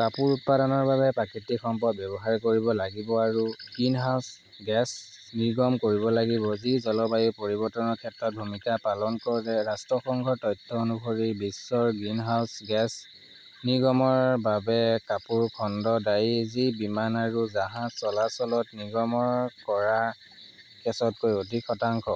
কাপোৰ উৎপাদনৰ বাবে প্ৰাকৃতিক সম্পদ ব্যৱহাৰ কৰিব লাগিব আৰু গ্ৰীণহাউছ গেছ নিৰ্গমন কৰিব লাগিব, যি জলবায়ু পৰিৱৰ্তনৰ ক্ষেত্ৰত ভূমিকা পালন কৰে। ৰাষ্ট্ৰসংঘৰ তথ্য অনুসৰি, বিশ্বৰ গ্ৰীণহাউছ গেছ নিৰ্গমনৰ বাবে কাপোৰ খণ্ড দায়ী, যি বিমান আৰু জাহাজ চলাচলত নিৰ্গমন কৰা গেছতকৈ অধিক, শতাংশ।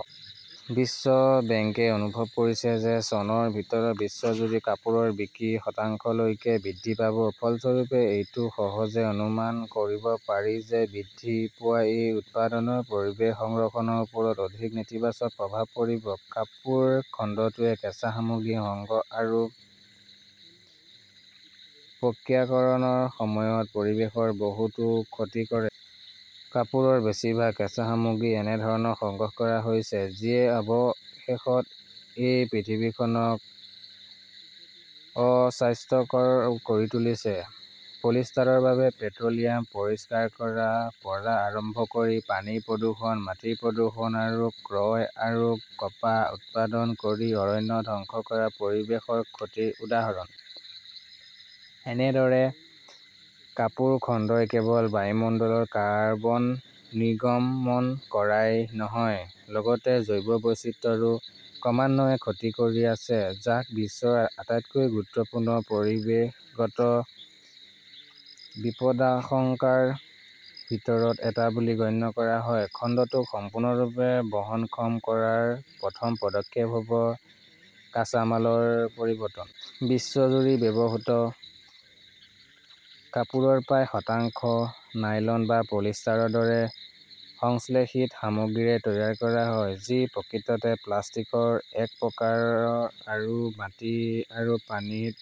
বিশ্ব বেংকে অনুভৱ কৰিছে যে চনৰ ভিতৰত বিশ্বজুৰি কাপোৰৰ বিক্ৰী শতাংশলৈকে বৃদ্ধি পাব। ফলস্বৰূপে, এইটো সহজে অনুমান কৰিব পাৰি যে বৃদ্ধি পোৱা এই উৎপাদনৰ পৰিৱেশ সংৰক্ষণৰ ওপৰত অধিক নেতিবাচক প্ৰভাৱ পৰিব। কাপোৰ খণ্ডটোৱে কেঁচা সামগ্ৰী সংগ্ৰহ আৰু প্ৰক্ৰিয়াকৰণৰ সময়ত পৰিৱেশৰ বহুতো ক্ষতি কৰে। কাপোৰৰ বেছিভাগ কেঁচা সামগ্ৰী এনে ধৰণে সংগ্ৰহ কৰা হৈছে যিয়ে অৱশেষত এই পৃথিৱীখনক অস্বাস্থ্যকৰ কৰি তুলিছে। পলিষ্টাৰৰ বাবে পেট্ৰ "লিয়াম পৰিষ্কাৰ কৰাৰ পৰা আৰম্ভ কৰি পানী প্ৰদূষণ, মাটি প্ৰদূষণ আৰু ক্ষয় আৰু কপাহ উৎপাদন কৰি অৰণ্য ধ্বংস কৰা পৰিৱেশৰ ক্ষতিৰ উদাহৰণ। এনেদৰে কাপোৰ খণ্ডই কেৱল বায়ুমণ্ডলত কাৰ্বন নিৰ্গমন কৰাই নহয়, লগতে জৈৱ বৈচিত্ৰ্যৰো ক্ৰমান্বয়ে ক্ষতি কৰি আছে, যাক বিশ্বৰ আটাইতকৈ গুৰুত্বপূৰ্ণ পৰিৱেশগত বিপদাশংকাৰ ভিতৰত এটা বুলি গণ্য কৰা হয়। খণ্ডটোক সম্পূৰ্ণৰূপে বহনক্ষম কৰাৰ প্ৰথম পদক্ষেপ হ "ব কাঁচামালৰ পৰিৱৰ্তন। বিশ্বজুৰি ব্যৱহৃত কাপোৰৰ প্ৰায় শতাংশ নাইলন বা পলিষ্টাৰৰ দৰে সংশ্লেষিত সামগ্ৰীৰে তৈয়াৰ কৰা হয়, যি প্ৰকৃততে প্লাষ্টিকৰ এক প্ৰকাৰ আৰু মাটি আৰু পানীত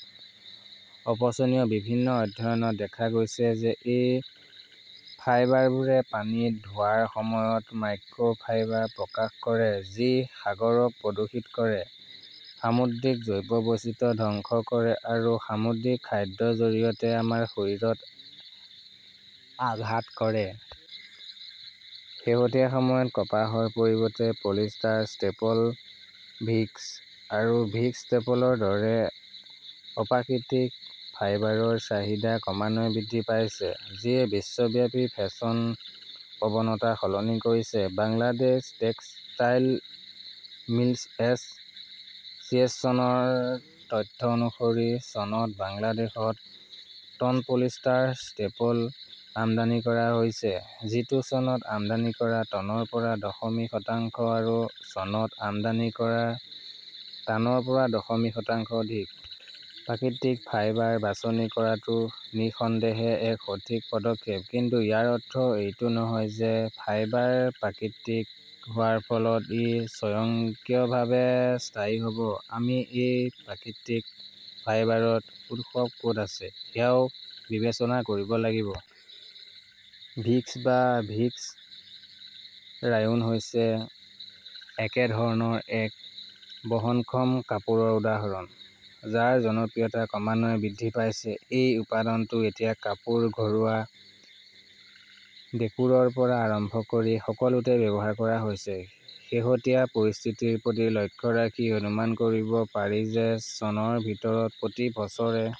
অপচনীয়। বিভিন্ন অধ্যয়নত দেখা গৈছে যে এই ফাইবাৰবোৰে পানীত ধোৱাৰ সময়ত মাইক্ৰ "ফাইবাৰ প্ৰকাশ কৰে, যি সাগৰক প্ৰদূষিত কৰে; সামুদ্ৰিক জৈৱ বৈচিত্ৰ্য ধ্বংস কৰে আৰু সামুদ্ৰিক খাদ্যৰ জৰিয়তে আমাৰ শৰীৰত আঘাত কৰে। শেহতীয়া সময়ত কপাহৰ পৰিৱৰ্তে পলিষ্টাৰ ষ্টেপল, ভিস্কছ আৰু ভিস্কছ ষ্টেপলৰ দৰে অপ্ৰাকৃতিক ফাইবাৰৰ চাহিদা ক্ৰমান্বয়ে বৃদ্ধি পাইছে, যিয়ে বিশ্বব্যাপী ফেশ্বন প্ৰৱণতা সলনি কৰিছে। বাংলাদেশ টেক্সটাইল মিলছ এছ "চিয়েশ্যনৰ তথ্য অনুসৰি, চনত বাংলাদেশত টন পলিষ্টাৰ ষ্টেপল আমদানি কৰা হৈছিল, যিটো চনত আমদানি কৰা টনৰ পৰা দশমিক শতাংশ আৰু চনত আমদানি কৰা টনৰ পৰা দশমিক শতাংশ অধিক। প্ৰাকৃতিক ফাইবাৰ বাছনি কৰাটো নিঃসন্দেহে এক সঠিক পদক্ষেপ। কিন্তু ইয়াৰ অৰ্থ এইটো নহয় যে ফাইবাৰ প্ৰাকৃতিক হোৱাৰ ফলত ই স্বয়ংক্ৰিয়ভাৱে স্থায়ী হ "ব। আমি এই প্ৰাকৃতিক ফাইবাৰৰ উৎস ক "ত আছে সেয়াও বিবেচনা কৰিব লাগিব। ভিস্কছ বা ভিস্কছ ৰায়োন হৈছে একেধৰণৰ এক বহনক্ষম কাপোৰৰ উদাহৰণ, যাৰ জনপ্ৰিয়তা ক্ৰমান্বয়ে বৃদ্ধি পাইছে। এই উপাদানটো এতিয়া কাপোৰ, ঘৰুৱা দেকোৰৰ পৰা আৰম্ভ কৰি সকলোতে ব্যৱহাৰ কৰা হৈছে। শেহতীয়া পৰিস্থিতিৰ প্ৰতি লক্ষ্য ৰাখি অনুমান কৰিব পাৰি যে চনৰ ভিতৰত প্ৰতি বছৰে